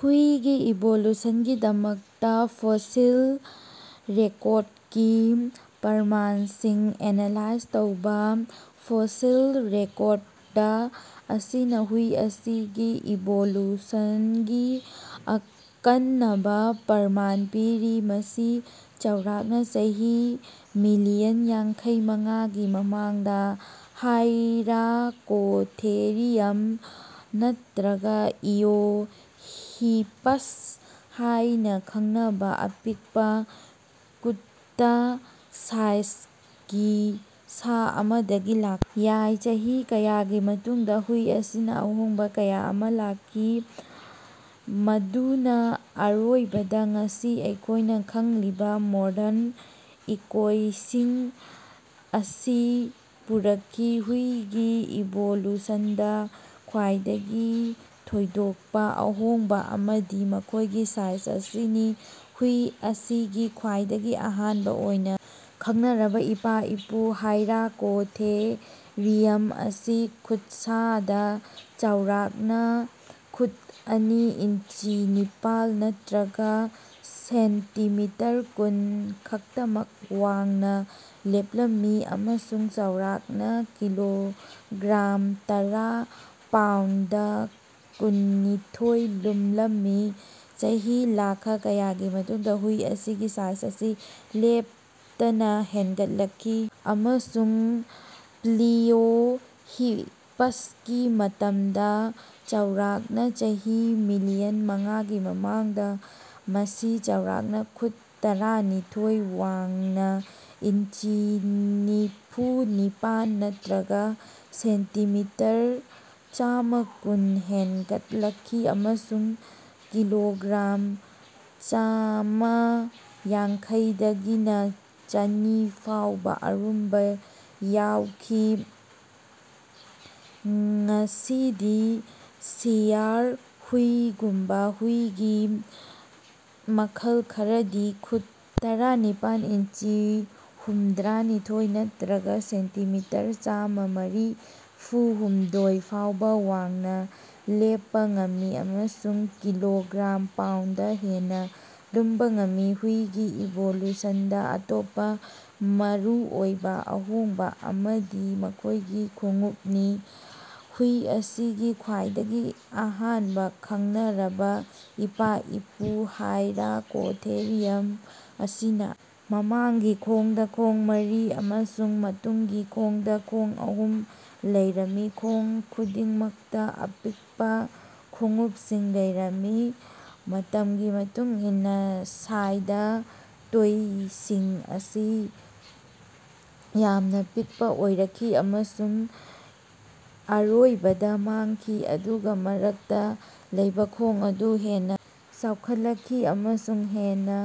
ꯍꯨꯏꯒꯤ ꯏꯚꯣꯂꯨꯁꯟꯒꯤꯗꯃꯛꯇꯥ ꯐꯣꯁꯤꯜ ꯔꯦꯀꯣꯔꯗꯀꯤ ꯄ꯭ꯔꯃꯥꯟꯁꯤꯡ ꯑꯦꯅꯥꯂꯥꯏꯖ ꯇꯧꯕ꯫ ꯐꯣꯁꯤꯜ ꯔꯦꯀꯣꯔꯗ ꯑꯁꯤꯅ ꯍꯨꯏ ꯑꯁꯤꯒꯤ ꯏꯚꯣꯂꯨꯁꯟꯒꯤ ꯑꯀꯟꯅꯕ ꯄ꯭ꯔꯃꯥꯟ ꯄꯤꯔꯤ꯫ ꯃꯁꯤ ꯆꯥꯎꯔꯥꯛꯅꯥ ꯆꯍꯤ ꯃꯤꯂꯤꯌꯟ ꯌꯥꯡꯈꯩꯃꯉꯥꯒꯤ ꯃꯃꯥꯡꯗ ꯍꯥꯏꯔꯥꯀꯣꯊꯦꯔꯤꯌꯝ ꯅꯠꯇ꯭ꯔꯒ ꯏꯑꯣꯍꯤꯄꯁ ꯍꯥꯏꯅ ꯈꯪꯅꯕ ꯑꯄꯤꯛꯄꯥ ꯀꯨꯠꯇꯥ ꯁꯥꯏꯖꯒꯤ ꯁꯥ ꯑꯃꯗꯒꯤ ꯂꯥꯛꯄꯥ ꯌꯥꯏ꯫ ꯆꯍꯤ ꯀꯌꯥꯒꯤ ꯃꯇꯨꯡꯗꯥ ꯍꯨꯏ ꯑꯁꯤꯅꯥ ꯑꯍꯣꯡꯕꯥ ꯀꯌꯥ ꯑꯃꯥ ꯂꯥꯛꯈꯤ ꯃꯗꯨꯅꯥ ꯑꯔꯣꯏꯕꯗꯥ ꯉꯁꯤ ꯑꯩꯈꯣꯏꯅ ꯈꯪꯂꯤꯕ ꯃꯣꯗꯔꯟ ꯏꯀꯨꯏꯁꯤꯡ ꯑꯁꯤ ꯄꯨꯔꯛꯈꯤ꯫ ꯍꯨꯏꯒꯤ ꯏꯚꯣꯂꯨꯁꯟꯗꯥ ꯈ꯭ꯋꯥꯏꯗꯒꯤ ꯊꯣꯏꯗꯣꯛꯄꯥ ꯑꯍꯣꯡꯕꯥ ꯑꯃꯗꯤ ꯃꯈꯣꯏꯒꯤ ꯁꯥꯏꯖ ꯑꯁꯤꯅꯤ꯫ ꯍꯨꯏ ꯑꯁꯤꯒꯤ ꯈ꯭ꯋꯥꯏꯗꯒꯤ ꯑꯍꯥꯟꯕ ꯑꯣꯏꯅ ꯈꯪꯅꯔꯕ ꯏꯄꯥ-ꯏꯄꯨ ꯍꯥꯏꯔꯥꯀꯣꯊꯦꯔꯤꯌꯝ ꯑꯁꯤ ꯈꯨꯠꯁꯥꯗꯥ ꯆꯥꯎꯔꯥꯛꯅꯥ ꯈꯨꯠ ꯑꯅꯤ ꯏꯟꯆꯤ ꯅꯤꯄꯥꯟ ꯅꯠꯇ꯭ꯔꯒ ꯁꯦꯟꯇꯤꯃꯤꯇꯔ ꯀꯨꯟ ꯈꯛꯇꯃꯛ ꯋꯥꯡꯅ ꯂꯦꯞꯂꯝꯃꯤ ꯑꯃꯁꯨꯡ ꯆꯥꯎꯔꯥꯛꯅꯥ ꯀꯤꯂꯣꯒ꯭ꯔꯥꯝ ꯇꯔꯥ ꯄꯥꯎꯟꯗ ꯀꯨꯟꯅꯤꯊꯣꯏ ꯂꯨꯝꯂꯝꯃꯤ꯫ ꯆꯍꯤ ꯂꯥꯈ ꯀꯌꯥꯒꯤ ꯃꯇꯨꯡꯗꯥ ꯍꯨꯏ ꯑꯁꯤꯒꯤ ꯁꯥꯏꯖ ꯑꯁꯤ ꯂꯦꯞꯇꯅꯥ ꯍꯦꯟꯒꯠꯂꯛꯈꯤ, ꯑꯃꯁꯨꯡ ꯄ꯭ꯂꯤꯑꯣꯍꯤꯄꯁꯀꯤ ꯃꯇꯝꯗꯥ, ꯆꯥꯎꯔꯥꯛꯅꯥ ꯆꯍꯤ ꯃꯤꯂꯤꯌꯟ ꯃꯉꯥꯒꯤ ꯃꯃꯥꯡꯗꯥ, ꯃꯁꯤ ꯆꯥꯎꯔꯥꯛꯅꯥ ꯈꯨꯠ ꯇꯔꯥꯅꯤꯊꯣꯏ ꯋꯥꯡꯅ ꯏꯟꯆꯤ ꯅꯤꯐꯨꯅꯤꯄꯥꯟ ꯅꯠꯇ꯭ꯔꯒ ꯁꯦꯟꯇꯤꯃꯤꯇꯔ ꯆꯥꯃꯥꯀꯨꯟ ꯍꯦꯟꯒꯠꯂꯛꯈꯤ ꯑꯃꯁꯨꯡ ꯀꯤꯂꯣꯒ꯭ꯔꯥꯝ ꯆꯥꯃꯥꯌꯥꯡꯈꯩꯗꯒꯤꯅ ꯆꯥꯅꯤ ꯐꯥꯎꯕ ꯑꯔꯨꯝꯕ ꯌꯧꯈꯤ꯫ ꯉꯁꯤꯗꯤ ꯁꯤꯌꯥꯔ ꯍꯨꯏꯒꯨꯝꯕꯥ ꯍꯨꯏꯒꯤ ꯃꯈꯜ ꯈꯔꯗꯤ ꯈꯨꯠ ꯇꯔꯥꯅꯤꯄꯥꯟ ꯏꯟꯆꯤ ꯍꯨꯝꯗ꯭ꯔꯅꯤꯊꯣꯏ ꯅꯠꯇ꯭ꯔꯒ ꯁꯦꯟꯇꯤꯃꯤꯇꯔ ꯆꯥꯃꯥ ꯃꯔꯤꯐꯨꯍꯨꯝꯗꯣꯏ ꯐꯥꯎꯕ ꯋꯥꯡꯅ ꯂꯦꯞꯄꯥ ꯉꯝꯃꯤ ꯑꯃꯁꯨꯡ ꯀꯤꯂꯣꯒ꯭ꯔꯥꯝ ꯄꯥꯎꯟꯗ ꯍꯦꯟꯅ ꯂꯨꯝꯕ ꯉꯝꯃꯤ꯫ ꯍꯨꯏꯒꯤ ꯏꯚꯣꯂꯨꯁꯟꯗꯥ ꯑꯇꯣꯞꯄꯥ ꯃꯔꯨꯑꯣꯏꯕ ꯑꯍꯣꯡꯕ ꯑꯃꯗꯤ ꯃꯈꯣꯏꯒꯤ ꯈꯣꯡꯎꯄꯅꯤ꯫ ꯍꯨꯏ ꯑꯁꯤꯒꯤ ꯈ꯭ꯋꯥꯏꯗꯒꯤ ꯑꯍꯥꯟꯕ ꯈꯪꯅꯔꯕꯥ ꯏꯄꯥ-ꯏꯄꯨ ꯍꯥꯏꯔꯥꯀꯣꯊꯦꯔꯤꯌꯝ ꯑꯁꯤꯅꯥ ꯃꯃꯥꯡꯒꯤ ꯈꯣꯡꯗꯥ ꯈꯣꯡ ꯃꯔꯤ ꯑꯃꯁꯨꯡ ꯃꯇꯨꯡꯒꯤ ꯈꯣꯡꯗꯥ ꯈꯣꯡ ꯑꯍꯨꯝ ꯂꯩꯔꯝꯃꯤ, ꯈꯣꯡ ꯈꯨꯗꯤꯡꯃꯛꯇꯥ ꯑꯄꯤꯛꯄꯥ ꯈꯣꯡꯎꯄꯁꯤꯡ ꯂꯩꯔꯝꯃꯤ꯫ ꯃꯇꯝꯒꯤ ꯃꯇꯨꯡ ꯏꯟꯅꯥ ꯁꯥꯏꯗ ꯇꯣꯏꯁꯤꯡ ꯑꯁꯤ ꯌꯥꯝꯅ ꯄꯤꯛꯄꯥ ꯑꯣꯏꯔꯛꯈꯤ ꯑꯃꯁꯨꯡ ꯑꯔꯣꯏꯕꯗ ꯃꯥꯡꯈꯤ, ꯑꯗꯨꯒ ꯃꯔꯛꯇ ꯂꯩꯕ ꯈꯣꯡ ꯑꯗꯨ ꯍꯦꯟꯅꯥ ꯆꯥꯎꯈꯠꯂꯛꯈꯤ ꯑꯃꯁꯨꯡ ꯍꯦꯟꯅꯥ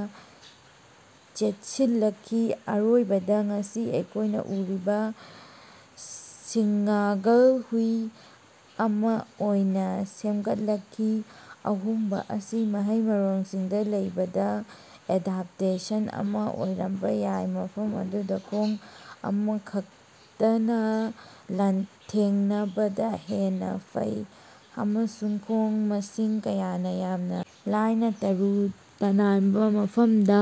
ꯆꯦꯠꯁꯤꯜꯂꯛꯈꯤ, ꯑꯔꯣꯏꯕꯗꯥ ꯉꯁꯤ ꯑꯩꯈꯣꯏꯅ ꯎꯔꯤꯕ ꯁꯤꯉ꯭ꯒꯜ ꯍꯨꯏ ꯑꯃꯥ ꯑꯣꯏꯅ ꯁꯦꯝꯒꯠꯂꯛꯈꯤ꯫ ꯑꯍꯣꯡꯕ ꯑꯁꯤ ꯃꯍꯩ-ꯃꯔꯣꯡꯁꯤꯡꯗ ꯂꯩꯕꯗꯥ ꯑꯦꯗꯞꯇꯦꯁꯟ ꯑꯃꯥ ꯑꯣꯏꯔꯝꯕ ꯌꯥꯏ, ꯃꯐꯝ ꯑꯗꯨꯗ ꯈꯣꯡ ꯑꯃꯈꯛꯇꯅꯥ ꯂꯥꯟꯊꯦꯡꯅꯕꯗꯥ ꯍꯦꯟꯅꯥ ꯐꯩ ꯑꯃꯁꯨꯡ ꯈꯣꯡ ꯃꯁꯤꯡ ꯀꯌꯥꯅꯥ ꯌꯥꯝꯅꯥ ꯂꯥꯏꯅꯥ ꯇꯔꯨ ꯇꯅꯥꯟꯕꯥ ꯃꯐꯝꯗ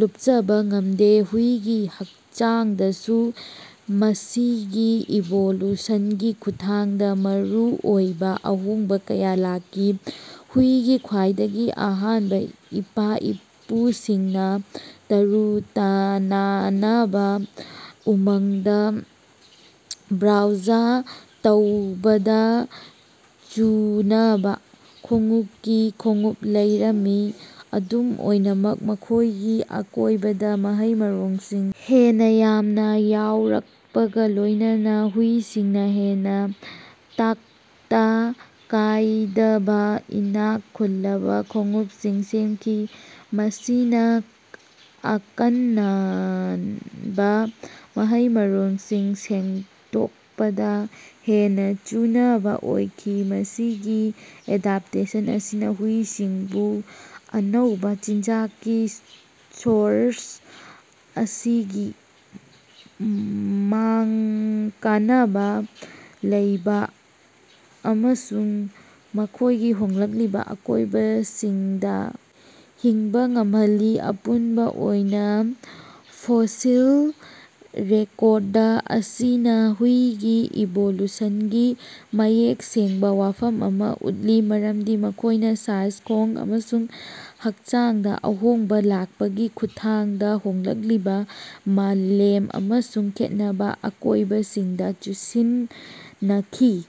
ꯂꯨꯞꯆꯕꯥ ꯉꯝꯗꯦ꯫ ꯍꯨꯏꯒꯤ ꯍꯥꯛꯆꯥꯡꯗꯁꯨ ꯃꯁꯤꯒꯤ ꯏꯚꯣꯂꯨꯁꯟꯒꯤ ꯈꯨꯠꯊꯥꯡꯗ ꯃꯔꯨꯑꯣꯏꯕ ꯑꯍꯣꯡꯕ ꯀꯌꯥ ꯂꯥꯛꯈꯤ꯫ ꯍꯨꯏꯒꯤ ꯈ꯭ꯋꯥꯏꯗꯒꯤ ꯑꯍꯥꯟꯕ ꯏꯄꯥ-ꯏꯄꯨꯁꯤꯡꯅꯥ ꯇꯔꯨ ꯇꯅꯥꯅꯕꯥ ꯎꯃꯪꯗꯥ ꯕ꯭ꯔꯣꯎꯖ ꯇꯧꯕꯗ ꯆꯨꯅꯕ ꯈꯣꯡꯎꯄꯀꯤ ꯈꯣꯡꯎꯞ ꯂꯩꯔꯝꯃꯤ꯫ ꯑꯗꯨꯝ ꯑꯣꯏꯅꯃꯛ, ꯃꯈꯣꯏꯒꯤ ꯑꯀꯣꯏꯕꯗ ꯃꯍꯩ-ꯃꯔꯣꯡꯁꯤꯡ ꯍꯦꯟꯅꯥ ꯌꯥꯝꯅꯥ ꯌꯥꯎꯔꯛꯄꯒ ꯂꯣꯏꯅꯅꯥ, ꯍꯨꯏꯁꯤꯡꯅꯥ ꯍꯦꯟꯅꯥ ꯇꯥꯛꯇ ꯀꯥꯏꯗꯕꯥ ꯏꯅꯥꯛ ꯈꯨꯜꯂꯕ ꯈꯣꯡꯎꯄꯁꯤꯡ ꯁꯦꯝꯈꯤ, ꯃꯁꯤꯅꯥ ꯑꯀꯟꯅꯕ ꯃꯍꯩ-ꯃꯔꯣꯡꯁꯤꯡ ꯁꯦꯡꯗꯣꯛꯄꯗ ꯍꯦꯟꯅꯥ ꯆꯨꯅꯕ ꯑꯣꯏꯈꯤ꯫ ꯃꯁꯤꯒꯤ ꯑꯦꯗꯞꯇꯦꯁꯟ ꯑꯁꯤꯅꯥ ꯍꯨꯏꯁꯤꯡꯕꯨ ꯑꯅꯧꯕꯥ ꯆꯤꯟꯖꯥꯛꯀꯤ ꯁꯣꯔꯁ ꯑꯁꯤꯒꯤ ꯃꯥꯡ ꯀꯥꯟꯅꯕ ꯂꯩꯕ ꯑꯃꯁꯨꯡ ꯃꯈꯣꯏꯒꯤ ꯍꯣꯡꯂꯛꯂꯤꯕ ꯑꯀꯣꯏꯕꯁꯤꯡꯗꯥ ꯍꯤꯡꯕ ꯉꯝꯍꯟꯈꯤ꯫ ꯑꯄꯨꯟꯕ ꯑꯣꯏꯅ ꯐꯣꯁꯤꯜ ꯔꯦꯀꯣꯔꯗ ꯑꯁꯤꯅ ꯍꯨꯏꯒꯤ ꯏꯚꯣꯂꯨꯁꯟꯒꯤ ꯃꯌꯦꯛ ꯁꯦꯡꯕꯥ ꯋꯥꯐꯝ ꯑꯃꯥ ꯎꯠꯂꯤ, ꯃꯔꯝꯗꯤ ꯃꯈꯣꯏꯅꯥ ꯁꯥꯏꯖ, ꯈꯣꯡ ꯑꯃꯁꯨꯡ ꯍꯥꯛꯆꯥꯡꯗ ꯑꯍꯣꯡꯕ ꯂꯥꯛꯄꯒꯤ ꯈꯨꯠꯊꯥꯡꯗꯥ ꯍꯣꯡꯂꯛꯂꯤꯕ ꯃꯥꯂꯦꯝ ꯑꯃꯁꯨꯡ ꯈꯦꯠꯅꯕ ꯑꯀꯣꯏꯕꯁꯤꯡꯗ ꯆꯨꯁꯤꯟꯅꯈꯤ꯫